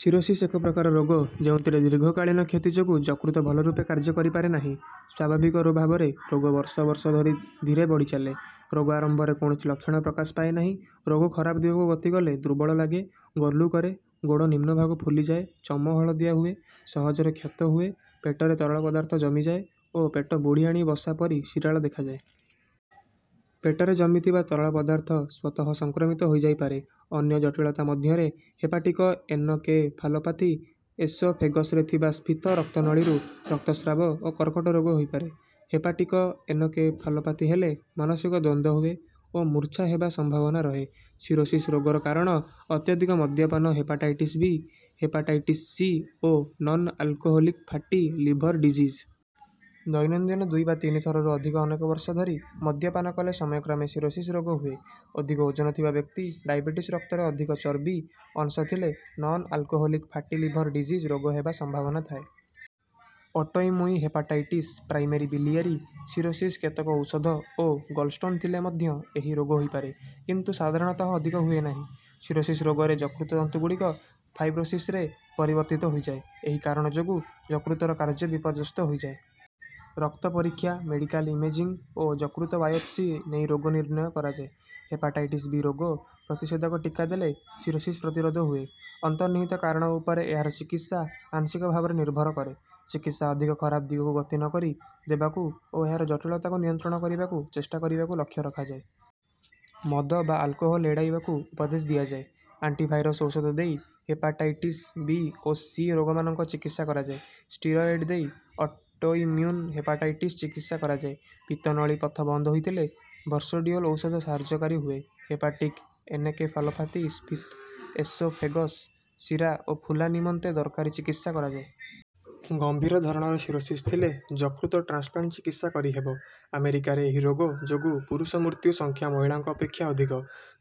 Cirrhosis ଏକ ପ୍ରକାର ରୋଗ ଯେଉଁଥିରେ ଦୀର୍ଘକାଳୀନ କ୍ଷତି ଯୋଗୁ ଯକୃତ ଭଲ ରୂପେ କାର୍ଯ୍ୟ କରିପାରେ ନାହିଁ। ସ୍ୱାଭାବିକ ଭାବରେ ରୋଗ ବର୍ଷ ବର୍ଷ ଧରି ଧୀରେ ବଢ଼ିଚାଲେ। ରୋଗ ଆରମ୍ଭରେ କୋଣସି ଲକ୍ଷଣ ପ୍ରକାଶ ପାଏନାହିଁ। ରୋଗ ଖରାପ ଦିଗକୁ ଗତି କଲେ ଦୁର୍ବଳ ଲାଗେ ଗଲୁ କରେ ଗୋଡ଼ ନିମ୍ନଭାଗ ଫୁଲିଯାଏ ଚମ ହଳଦିଆ ହୁଏ ସହଜରେ କ୍ଷତ ହୁଏ ପେଟରେ ତରଳ ପଦାର୍ଥ ଜମିଯାଏ ଓ ପେଟ ବୁଢ଼ିଆଣି ବସା ପରି ଶିରାଳ ଦେଖାଯାଏ। ପେଟରେ ଜମିଥିବା ତରଳ ପଦାର୍ଥ ସ୍ୱତଃ ସଂକ୍ରମିତ ହୋଇଯାଇପାରେ। ଅନ୍ୟ ଜଟିଳତା ମଧ୍ୟରେ ହେପାଟିକ ଏନକେଫାଲୋପାଥି ଏସୋଫେଗସରେ ଥିବା ସ୍ଫିତ ରକ୍ତନଳୀରୁ ରକ୍ତସ୍ରାବ ଓ କର୍କଟ ରୋଗ ହୋଇପାରେ। ହେପାଟିକ ଏନକେଫାଲୋପାଥି ହେଲେ ମାନସିକ ଦ୍ୱନ୍ଦ ହୁଏ ଓ ମୂର୍ଚ୍ଛା ହେବା ସମ୍ଭାବନା ରହେ। ସିରୋସିସ୍ ରୋଗର କାରଣ ଅତ୍ୟଧିକ ମଦ୍ୟପାନ ହେପାଟାଇଟିସ ବି ହେପାଟାଇଟିସ ସି ଓ non alcoholic fatty liver disease. ଦୈନନ୍ଦିନ ଦୁଇ ବା ତିନି ଥରରୁ ଅଧିକ ଅନେକ ବର୍ଷ ଧରି ମଦ୍ୟପାନ କଲେ ସମୟକ୍ରମେ ସିରୋସିସ୍ ରୋଗ ହୁଏ। ଅଧିକ ଓଜନ ଥିବା ବ୍ୟକ୍ତି ଡାଏବିଟିସ ରକ୍ତରେ ଅଧିକ ଚର୍ବି ଅଂଶଥିଲେ non alcoholic fatty liver disease ରୋଗ ହେବା ସମ୍ଭାବନା ଥାଏ। Autoimmune hepatitis primary biliary cirrhosis କେତେକ ଔଷଧ ଓ ଗଲସ୍ଟୋନ ଥିଲେ ମଧ୍ୟ ଏହି ରୋଗ ହୋଇପାରେ କିନ୍ତୁ ସାଧାରଣତଃ ଅଧିକ ହୁଏ ନାହିଁ। ସିରୋସିସ୍ ରୋଗରେ ଯକୃତ ତନ୍ତୁଗୁଡ଼ିକ ଫାଇବ୍ରୋସିସରେ ପରିବର୍ତ୍ତିତ ହୋଇଯାଏ। ଏହି କାରଣ ଯୋଗୁ ଯକୃତର କାର୍ଯ୍ୟ ବିପର୍ଯ୍ୟସ୍ତ ହୋଇଯାଏ। ରକ୍ତ ପରୀକ୍ଷା ମେଡିକାଲ ଇମେଜିଙ୍ଗ ଓ ଯକୃତ ବାୟୋପ୍ସି ନେଇ ରୋଗ ନିର୍ଣ୍ଣୟ କରାଯାଏ। ହେପାଟାଇଟିସ ବି ରୋଗ ପ୍ରତିଷେଧକ ଟିକା ଦେଲେ ସିରୋସିସ ପ୍ରତିରୋଧ ହୁଏ। ଅନ୍ତର୍ନିହିତ କାରଣ ଉପରେ ଏହାର ଚିକିତ୍ସା ଆଂଶିକ ଭାବରେ ନିର୍ଭର କରେ। ଚିକିତ୍ସା ଅଧିକ ଖରାପ ଦିଗକୁ ଗତି ନ କରି ଦେବାକୁ ଓ ଏହାର ଜଟିଳତାକୁ ନିୟନ୍ତ୍ରଣ କରିବାକୁ ଚେଷ୍ଟା କରିବାକୁ ଲକ୍ଷ ରଖାଯାଏ। ମଦ ବା ଆଲକୋହୋଲ ଏଡ଼େଇବାକୁ ଉପଦେଶ ଦିଆଯାଏ। ଆଣ୍ଟିଭାଇରସ ଔଷଧ ଦେଇ ହେପାଟାଇଟିସ ବି ଓ ସି ରୋଗମାନଙ୍କ ଚିକିତ୍ସା କରାଯାଏ। ସ୍ଟିରଏଡ ଦେଇ ଅଟୋଇମ୍ମ୍ୟୁନ ହେପାଟାଇଟିସ ଚିକିତ୍ସା କରାଯାଏ। ପିତ୍ତନଳୀ ପଥ ବନ୍ଦ ହୋଇଥିଲେ ଉର୍ସୋଡିଓଲ ଔଷଧ ସାହାଯ୍ୟକାରୀ ହୁଏ। ହେପାଟିକ ଏନକେଫାଲୋପାଥି ସ୍ଫିତ ଏସୋଫେଗସ ଶିରା ଓ ଫୁଲା ନିମନ୍ତେ ଦରକାରୀ ଚିକିତ୍ସା କରାଯାଏ। ଗମ୍ଭୀର ଧରଣର ସିରୋସିସ୍ ଥିଲେ ଯକୃତ ଟ୍ରାନ୍ସପ୍ଲାଣ୍ଟ ଚିକିତ୍ସା କରିହେବ। ଆମେରିକାରେ ଏହି ରୋଗ ଯୋଗୁ ପୁରୁଷ ମୃତ୍ୟୁ ସଂଖ୍ୟା ମହିଳାଙ୍କ ଅପେକ୍ଷା ଅଧିକ।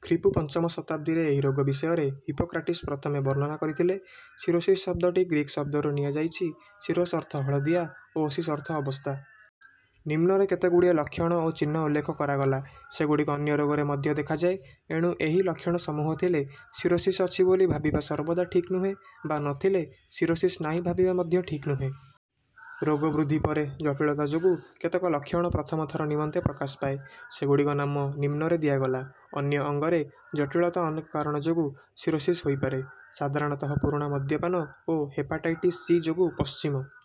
ଖ୍ରୀପୂ ପଞ୍ଚମ ଶତାବ୍ଦୀରେ ଏହି ରୋଗ ବିଷୟରେ ହିପୋକ୍ରାଟିସ ପ୍ରଥମେ ବର୍ଣ୍ଣନା କରିଥିଲେ। ସିରୋସିସ ଶବ୍ଦଟି ଗ୍ରୀକ ଶବ୍ଦରୁ ନିଆଯାଇଛିସିରୋସ ଅର୍ଥ ହଳଦିଆ ଓ ଓସିସ ଅର୍ଥ ଅବସ୍ଥା। ନିମ୍ନରେ କେତେଗୁଡିଏ ଲକ୍ଷଣ ଓ ଚିହ୍ନ ଉଲ୍ଲେଖ କରାଗଲା। ସେଗୁଡିକ ଅନ୍ୟ ରୋଗରେ ମଧ୍ୟ ଦେଖାଯାଏ। ଏଣୁ ଏହି ଲକ୍ଷଣ ସମୂହ ଥିଲେ ସିରୋସିସ୍ ଅଛି ବୋଲି ଭାବିବା ସର୍ବଦା ଠିକ୍ ନୁହେଁ ବା ନ ଥିଲେ ସିରୋସିସ୍ ନାହିଁ ଭାବିବା ମଧ୍ୟ ଠିକ ନୁହେଁ। ରୋଗ ବୃଦ୍ଧି ପରେ ଜଟୀଳତା ଯୋଗୁ କେତେକ ଲକ୍ଷଣ ପ୍ରଥମ ଥର ନିମନ୍ତେ ପ୍ରକାଶ ପାଏ। ସେଗୁଡିକ ନାମ ନିମ୍ନରେ ଦିଆଗଲା। ଅନ୍ୟ ଅଙ୍ଗରେ ଜଟୀଳତା ଅନେକ କାରଣ ଯୋଗୁ ସିରୋସିସ୍ ହୋଇପାରେ। ସାଧାରଣତଃ ପୁରୁଣା ମଦ୍ୟପାନ ଓ ହେପାଟାଇଟିସ୍ ସି ଯୋଗୁ ପଶ୍ଚିମ